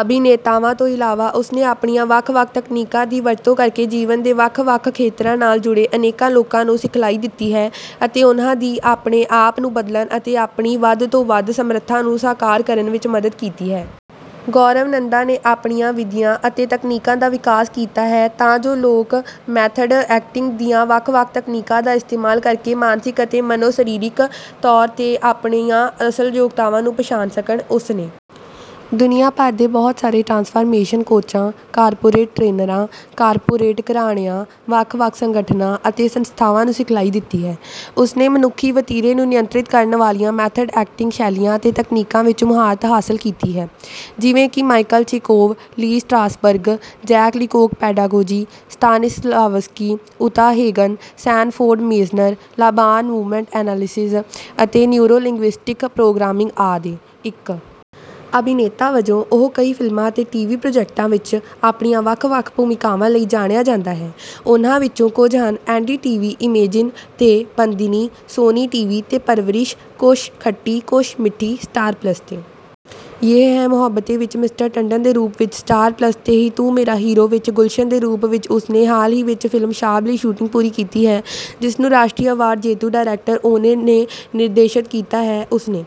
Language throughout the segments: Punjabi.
ਅਭਿਨੇਤਾਵਾਂ ਤੋਂ ਇਲਾਵਾ, ਉਸਨੇ ਆਪਣੀਆਂ ਵੱਖ-ਵੱਖ ਤਕਨੀਕਾਂ ਦੀ ਵਰਤੋਂ ਕਰਕੇ ਜੀਵਨ ਦੇ ਵੱਖ-ਵੱਖ ਖੇਤਰਾਂ ਨਾਲ ਜੁੜੇ ਅਨੇਕਾਂ ਲੋਕਾਂ ਨੂੰ ਸਿਖਲਾਈ ਦਿੱਤੀ ਹੈ ਅਤੇ ਉਨ੍ਹਾਂ ਦੀ ਆਪਣੇ ਆਪ ਨੂੰ ਬਦਲਣ ਅਤੇ ਆਪਣੀ ਵੱਧ ਤੋਂ ਵੱਧ ਸਮਰੱਥਾ ਨੂੰ ਸਾਕਾਰ ਕਰਨ ਵਿੱਚ ਮਦਦ ਕੀਤੀ ਹੈ। ਗੌਰਵ ਨੰਦਾ ਨੇ ਆਪਣੀਆਂ ਵਿਧੀਆਂ ਅਤੇ ਤਕਨੀਕਾਂ ਦਾ ਵਿਕਾਸ ਕੀਤਾ ਹੈ ਤਾਂ ਜੋ ਲੋਕ ਮੈਥਡ ਐਕਟਿੰਗ ਦੀਆਂ ਵੱਖ-ਵੱਖ ਤਕਨੀਕਾਂ ਦਾ ਇਸਤੇਮਾਲ ਕਰਕੇ ਮਾਨਸਿਕ ਅਤੇ ਮਨੋਸਰੀਰਿਕ ਤੌਰ 'ਤੇ ਆਪਣੀਆਂ ਅਸਲ ਯੋਗਤਾਵਾਂ ਨੂੰ ਪਛਾਣ ਸਕਣ। ਉਸਨੇ ਦੁਨੀਆ ਭਰ ਦੇ ਬਹੁਤ ਸਾਰੇ ਟਰਾਂਸਫਾਰਮੇਸ਼ਨ ਕੋਚਾਂ, ਕਾਰਪੋਰੇਟ ਟਰੇਨਰਾਂ, ਕਾਰਪੋਰੇਟ ਘਰਾਣਿਆਂ, ਵੱਖ-ਵੱਖ ਸੰਗਠਨਾਂ ਅਤੇ ਸੰਸਥਾਵਾਂ ਨੂੰ ਸਿਖਲਾਈ ਦਿੱਤੀ ਹੈ। ਉਸਨੇ ਮਨੁੱਖੀ ਵਤੀਰੇ ਨੂੰ ਨਿਯੰਤ੍ਰਿਤ ਕਰਨ ਵਾਲੀਆਂ ਮੈਥਡ ਐਕਟਿੰਗ ਸ਼ੈਲੀਆਂ ਅਤੇ ਤਕਨੀਕਾਂ ਵਿੱਚ ਮੁਹਾਰਤ ਹਾਸਲ ਕੀਤੀ ਹੈ; ਜਿਵੇਂ ਕਿ Michael Chekhov, Lee Strasberg, Jacques Lecoq pedagogy, Stanislavski, Uta Hagen, Sanford Meisner, Laban movement analysis ਅਤੇ ਨਿਊਰੋ-ਲਿੰਗੂਇਸਟਿਕ ਪ੍ਰੋਗਰਾਮਿੰਗ ਆਦਿ। ਇੱਕ ਅਭਿਨੇਤਾ ਵਜੋਂ, ਉਹ ਕਈ ਫਿਲਮਾਂ ਅਤੇ ਟੀਵੀ ਪ੍ਰੋਜੈਕਟਾਂ ਵਿੱਚ ਆਪਣੀਆਂ ਵੱਖ-ਵੱਖ ਭੂਮਿਕਾਵਾਂ ਲਈ ਜਾਣਿਆ ਜਾਂਦਾ ਹੈ; ਉਨ੍ਹਾਂ ਵਿੱਚੋਂ ਕੁੱਝ ਹਨ:ਐਨ.ਡੀ.ਟੀ.ਵੀ ਇਮੇਜਿਨ 'ਤੇ 'ਬੰਦਿਨੀ'ਸੋਨੀ ਟੀਵੀ 'ਤੇ 'ਪਰਵਰਿਸ਼ - ਕੁੱਛ ਖੱਟੀ ਕੁੱਛ ਮਿੱਠੀ'ਸਟਾਰ ਪਲੱਸ 'ਤੇ 'ਯੇਹ ਹੈ ਮੁਹੱਬਤੇਂ' ਵਿੱਚ 'ਮਿਸਟਰ ਟੰਡਨ' ਦੇ ਰੂਪ ਵਿੱਚਸਟਾਰ ਪਲੱਸ 'ਤੇ ਹੀ 'ਤੂ ਮੇਰਾ ਹੀਰੋ' ਵਿੱਚ 'ਗੁਲਸ਼ਨ' ਦੇ ਰੂਪ ਵਿੱਚਉਸਨੇ ਹਾਲ ਹੀ ਵਿੱਚ ਫਿਲਮ 'ਸ਼ਾਬ' ਲਈ ਸ਼ੂਟਿੰਗ ਪੂਰੀ ਕੀਤੀ ਹੈ, ਜਿਸ ਨੂੰ ਰਾਸ਼ਟਰੀ ਅਵਾਰਡ ਜੇਤੂ ਡਾਇਰੈਕਟਰ ਓਨਿਰ ਨੇ ਨਿਰਦੇਸ਼ਤ ਕੀਤਾ ਹੈ। ਉਸਨੇ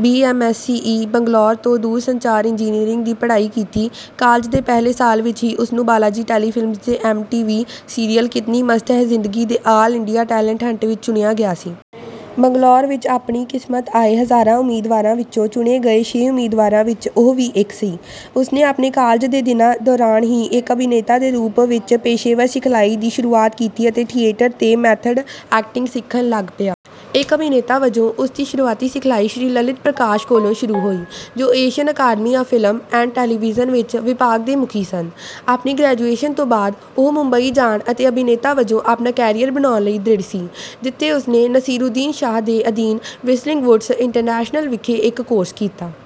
ਬੀ.ਐਮ.ਐਸ.ਸੀ.ਈ ਬੰਗਲੌਰ ਤੋਂ ਦੂਰਸੰਚਾਰ ਇੰਜੀਨੀਅਰਿੰਗ ਦੀ ਪੜ੍ਹਾਈ ਕੀਤੀ। ਕਾਲਜ ਦੇ ਪਹਿਲੇ ਸਾਲ ਵਿੱਚ ਹੀ ਉਸਨੂੰ ਬਾਲਾਜੀ ਟੈਲੀਫਿਲਮਜ਼ ਦੇ ਐੱਮ.ਟੀ.ਵੀ. ਸੀਰੀਅਲ 'ਕਿਤਨੀ ਮਸਤ ਹੈ ਜ਼ਿੰਦਗੀ' ਦੇ 'ਆਲ ਇੰਡੀਆ ਟੈਲੇਂਟ ਹੰਟ' ਵਿੱਚ ਚੁਣਿਆ ਗਿਆ ਸੀ। ਬੰਗਲੌਰ ਵਿੱਚ ਆਪਣੀ ਕਿਸਮਤਆਏ ਹਜ਼ਾਰਾਂ ਉਮੀਦਵਾਰਾਂ ਵਿੱਚੋਂ ਚੁਣੇ ਗਏ ਛੇ ਉਮੀਦਵਾਰਾਂ ਵਿੱਚ ਉਹ ਵੀ ਇੱਕ ਸੀ। ਉਸਨੇ ਆਪਣੇ ਕਾਲਜ ਦੇ ਦਿਨਾਂ ਦੌਰਾਨ ਹੀ ਇੱਕ ਅਭਿਨੇਤਾ ਦੇ ਰੂਪ ਵਿੱਚ ਪੇਸ਼ੇਵਰ ਸਿਖਲਾਈ ਦੀ ਸ਼ੁਰੂਆਤ ਕੀਤੀ ਅਤੇ ਥੀਏਟਰ 'ਤੇ ਮੈਥਡ ਐਕਟਿੰਗ ਸਿੱਖਣ ਲੱਗ ਪਿਆ। ਇੱਕ ਅਭਿਨੇਤਾ ਵਜੋਂ ਉਸਦੀ ਸ਼ੁਰੂਆਤੀ ਸਿਖਲਾਈ ਸ਼੍ਰੀ ਲਲਿਤ ਪ੍ਰਕਾਸ਼ ਕੋਲੋਂ ਸ਼ੁਰੂ ਹੋਈ, ਜੋ Asian academy of film and television ਵਿੱਚ ਵਿਭਾਗ ਦੇ ਮੁਖੀ ਸਨ। ਆਪਣੀ ਗ੍ਰੈਜੂਏਸ਼ਨ ਤੋਂ ਬਾਅਦ, ਉਹ ਮੁੰਬਈ ਜਾਣ ਅਤੇ ਅਭਿਨੇਤਾ ਵਜੋਂ ਆਪਣਾ ਕੈਰੀਅਰ ਬਣਾਉਣ ਲਈ ਦ੍ਰਿੜ ਸੀ, ਜਿੱਥੇ ਉਸਨੇ ਨਸੀਰੂਦੀਨ ਸ਼ਾਹ ਦੇ ਅਧੀਨ 'ਵਿਸਲਿੰਗ ਵੁਡਸ ਇੰਟਰਨੈਸ਼ਨਲ' ਵਿਖੇ ਇੱਕ ਕੋਰਸ ਕੀਤਾ।